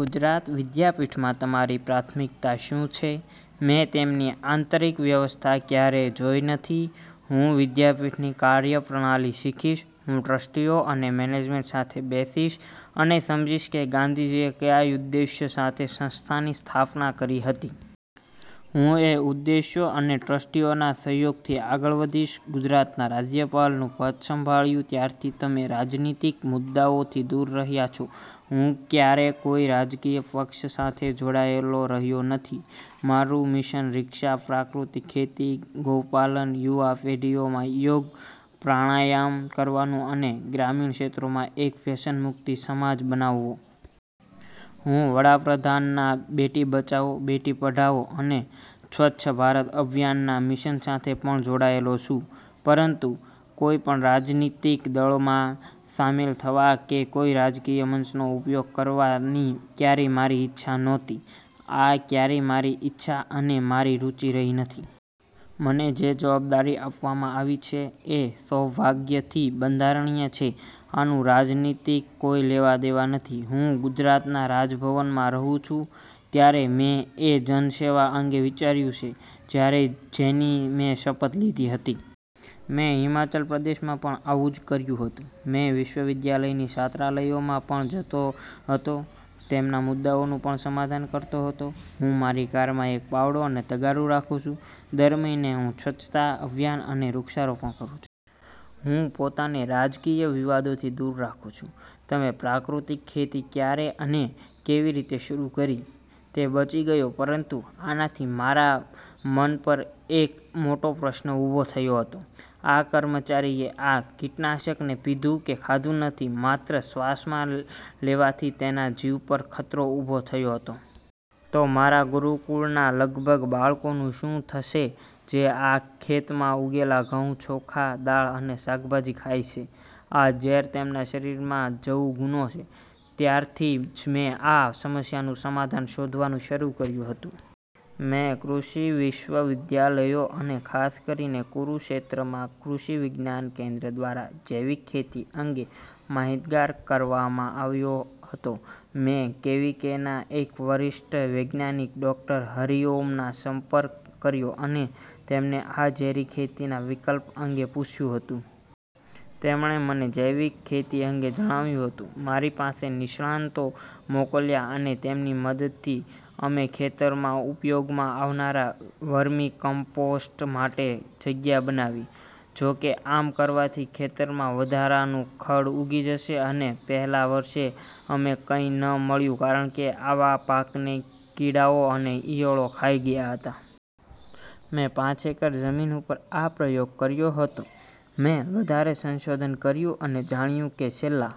ગુજરાત વિદ્યાપીઠમાં તમારી પ્રાથમિક્તા શું છે? મેં તેમની આંતરિક વ્યવસ્થા ક્યારે જોઈ નથી. હું વિદ્યાપીઠની કાર્યપ્રણાલી સિખીશ. હું ટ્રસ્ટીઓ અને મેનેજમેન્ટ સાથે બેસીશ અને સમજીશ કે ગાંધીજીએ કયા ઉદેશ્ય સાથે સંસ્થાની સ્થાપના કરી હતી. હું એ ઉદેશ્યો અને ટ્રસ્ટીઓના સહયોગથી આગળ વધીશ. ગુજરાતના રાજ્યપાલનું પદ સંભાળ્યું ત્યારથી તમે રાજનીતિક મુદ્દાઓથી દૂર રહ્યા છો હું ક્યારે કોઈ રાજકીય પક્ષ સાથે જોડાયેલો રહ્યો નથી. મારું મિશન શિક્ષા, પ્રાકૃતિક ખેતી, ગૌપાલન, યુવા પેઠીમાં યોગ પ્રાણાયામ કરાવવું અને ગ્રામીણ ક્ષેત્રોમાં એક વ્યસન મુક્ત સમાજ બનાવવો. હું વડાપ્રધાનના બેટી બચાઓ, બેટી પઢાઓ અને સ્વચ્છ ભારત અભિયાનના મિશન સાથે પણ જોડાયેલો છું. પરંતુ કોઈપણ રાજનીતિક દળમાં સામેલ થવા કે કોઈ રાજકીય મંચનો ઉપયોગ કરવાની ક્યારે મારી ઈચ્છા ન્હોતી. આ ક્યારેય મારી ઇચ્છા અને મારી રુચી રહી નથી. મને જે જવાબદારી આપવામાં આવી છે એ સૌભાગ્યથી બંધારણીય છે. આનું રાજનીતિથી કોઈ લેવા-દેવા નથી. હું ગુજરાતના રાજભવનમાં રહું છું ત્યારે મેં એ જનસેવા અંગે વિચાર્યું છે જ્યારે જેની મેં શપથ લીધી હતી. મેં હિમાચલ પ્રદેશમાં પણ આવું જ કર્યું હતું. મેં વિશ્વવિદ્યાલયની છાત્રાલયોમાં પણ જતો હતો. તેમના મુદ્દાઓનું પણ સમાધાન કરતો હતો. હું મારી કારમાં એક પાવડો અને તગારું રાખું છું. દર મહિને હું સ્વચ્છતા અભિયાન અને વૃક્ષારોપણ કરું છું. હું પોતાને રાજકીય વિવાદોથી દૂર રાખું છું. તમે પ્રાકૃતિક ખેતી ક્યારે અને કેવી રીતે શરૂ કરી? તે બચી ગયો પરંતુ આનાથી મારા મન પર એક મોટો પ્રશ્ન ઊભો થયો હતો. આ કર્મચારીએ આ કીટનાશકને પીધું કે ખાધું નથી માત્ર શ્વાસમાં લેવાથી તેના જીવ પર ખતરો ઊભો થયો હતો. તો મારા ગુરુકુળના લગભગ બાળકોનું શું થશે જે આ ખેતમાં ઉગેલા ઘઉં, ચોખા, દાળ અને શાકભાજી ખાય છે. આ ઝેર તેમના શરીરમાં જવું ગુનો છે. ત્યારથી જ મેં આ સમસ્યાનું સમાધાન શોધવાનું શરું કર્યું હતું. મેં કૃષિ વિશ્વવિદ્યાલયો અને ખાસ કરીને કુરુક્ષેત્રમાં કૃષિ વિજ્ઞાન કેન્દ્ર દ્વારા જૈવિક ખેતી અંગે માહિતગાર કરવામાં આવ્યો હતો. મેં કેવીકેના એક વરિષ્ઠ વૈજ્ઞાનિક ડો. હરિઓમનો સંપર્ક કર્યો અને તેમને આ ઝેરી ખેતીના વિકલ્પ અંગે પૂછ્યું હતું. તેમણે મને જૈવિક ખેતી અંગે જણાવ્યું હતું. મારી પાસે નિષ્ણાંતો મોકલ્યા અને તેમની મદદથી અમે ખેતરમાં ઉપયોગમાં આવનારા વર્મીકમ્પોસ્ટ માટે જગ્યા બનાવી. જોકે, આમ કરવાથી ખેતરમાં વધારાનું ખડ ઉઘી જશે અને પહેલા વર્ષે અમે કંઈ ન મળ્યું કારણ કે આખા પાકને કીડાઓ અને ઇયળો ખાઈ ગયા હતા. મેં પાંચ એકર જમીન ઉપર આ પ્રયોગ કર્યો હતો. મેં વધારે સંશોધન કર્યું અને જાણ્યું કે છેલ્લા